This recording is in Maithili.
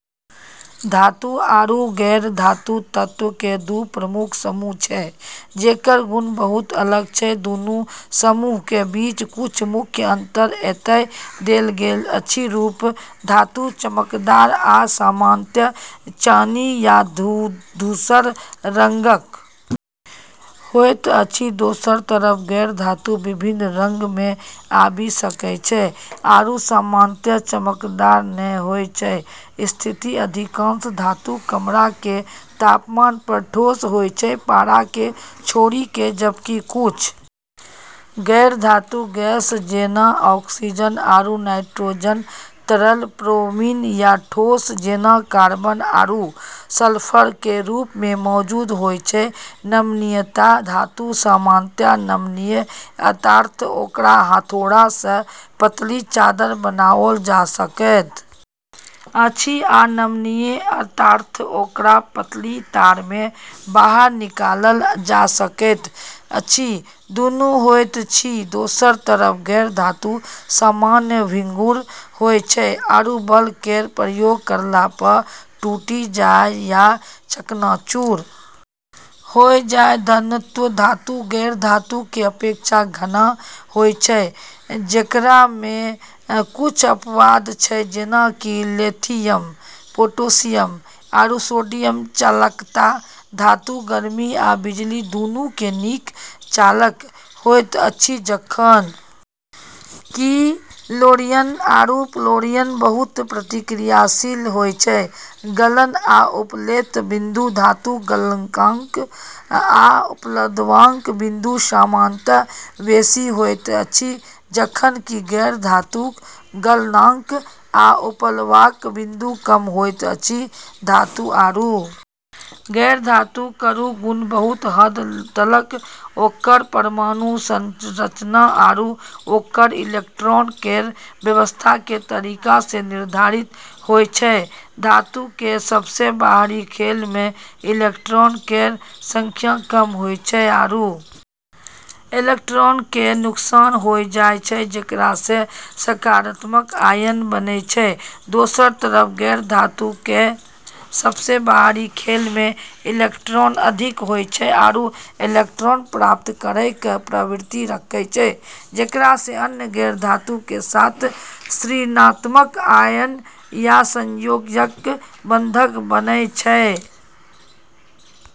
धातु आरू गैर-धातु तत्वऽ के दू प्रमुख समूह छै जेकरऽ गुण बहुत अलग छै, दूनू समूहक बीच किछु मुख्य अंतर एतय देल गेल अछि, रूप धातु चमकदार आ सामान्यत चानी या धूसर रंगक होइत अछि दोसरऽ तरफ गैर-धातु विभिन्न रंगऽ मे आबी सकै छै आरू सामान्यत चमकदार नै होय छै, स्थिति अधिकांश धातु कमरा के तापमान पर ठोस होय छै पारा के छोड़ी के जबकि कुछ गैर-धातु गैस जैना ऑक्सीजन आरू नाइट्रोजन तरल ब्रोमीन या ठोस जैना कार्बन आरू सल्फर के रूप मे मौजूद होय छै, नमनीयता धातु सामान्यत नमनीय अर्थात ओकरा हथौड़ा सँ पतली चादर बनाओल जा सकैत अछि आ नमनीय अर्थात ओकरा पतली तार मे बाहर निकालल जा सकैत अछि दुनू होइत अछि दोसरऽ तरफ गैर-धातु सामान्यत भंगुर होय छै आरू बल केरऽ प्रयोग करला प॑ टूटी जाय या चकनाचूर होय जाय, घनत्व धातु गैर-धातु के अपेक्षा घना होय छै जेकरा मे कुछ अपवाद छै जेना कि लिथियम, पोटेशियम आरू सोडियम चालकता धातु गर्मी आ बिजली दुनू के नीक चालक होइत अछि जखन कि क्लोरीन आरू फ्लोरीन, बहुत प्रतिक्रियाशील होय छै, गलन आ उबलैत बिन्दु धातुक गलनांक आ उबलबाक बिन्दु सामान्यतः बेसी होइत अछि जखन कि गैर-धातुक गलनांक आ उबलबाक बिन्दु कम होइत अछि धातु आरू गैर-धातु केरऽ गुण बहुत हद तलक ओकरऽ परमाणु संरचना आरू ओकरऽ इलेक्ट्रॉन केरऽ व्यवस्था के तरीका से निर्धारित होय छै, धातु केरऽ सबसें बाहरी खोल मे इलेक्ट्रॉन केरऽ संख्या कम होय छै आरू इलेक्ट्रॉन केरऽ नुकसान होय जाय छै जेकरा से सकारात्मक आयन बने छै, दोसरऽ तरफ गैर-धातु केरऽ सबसें बाहरी खोल मे इलेक्ट्रॉन अधिक होय छै आरू इलेक्ट्रॉन प्राप्त करै के प्रवृत्ति रखै छै जेकरा से अन्य गैर-धातु के साथ ऋणात्मक आयन या सहसंयोजक बंधन बने छै।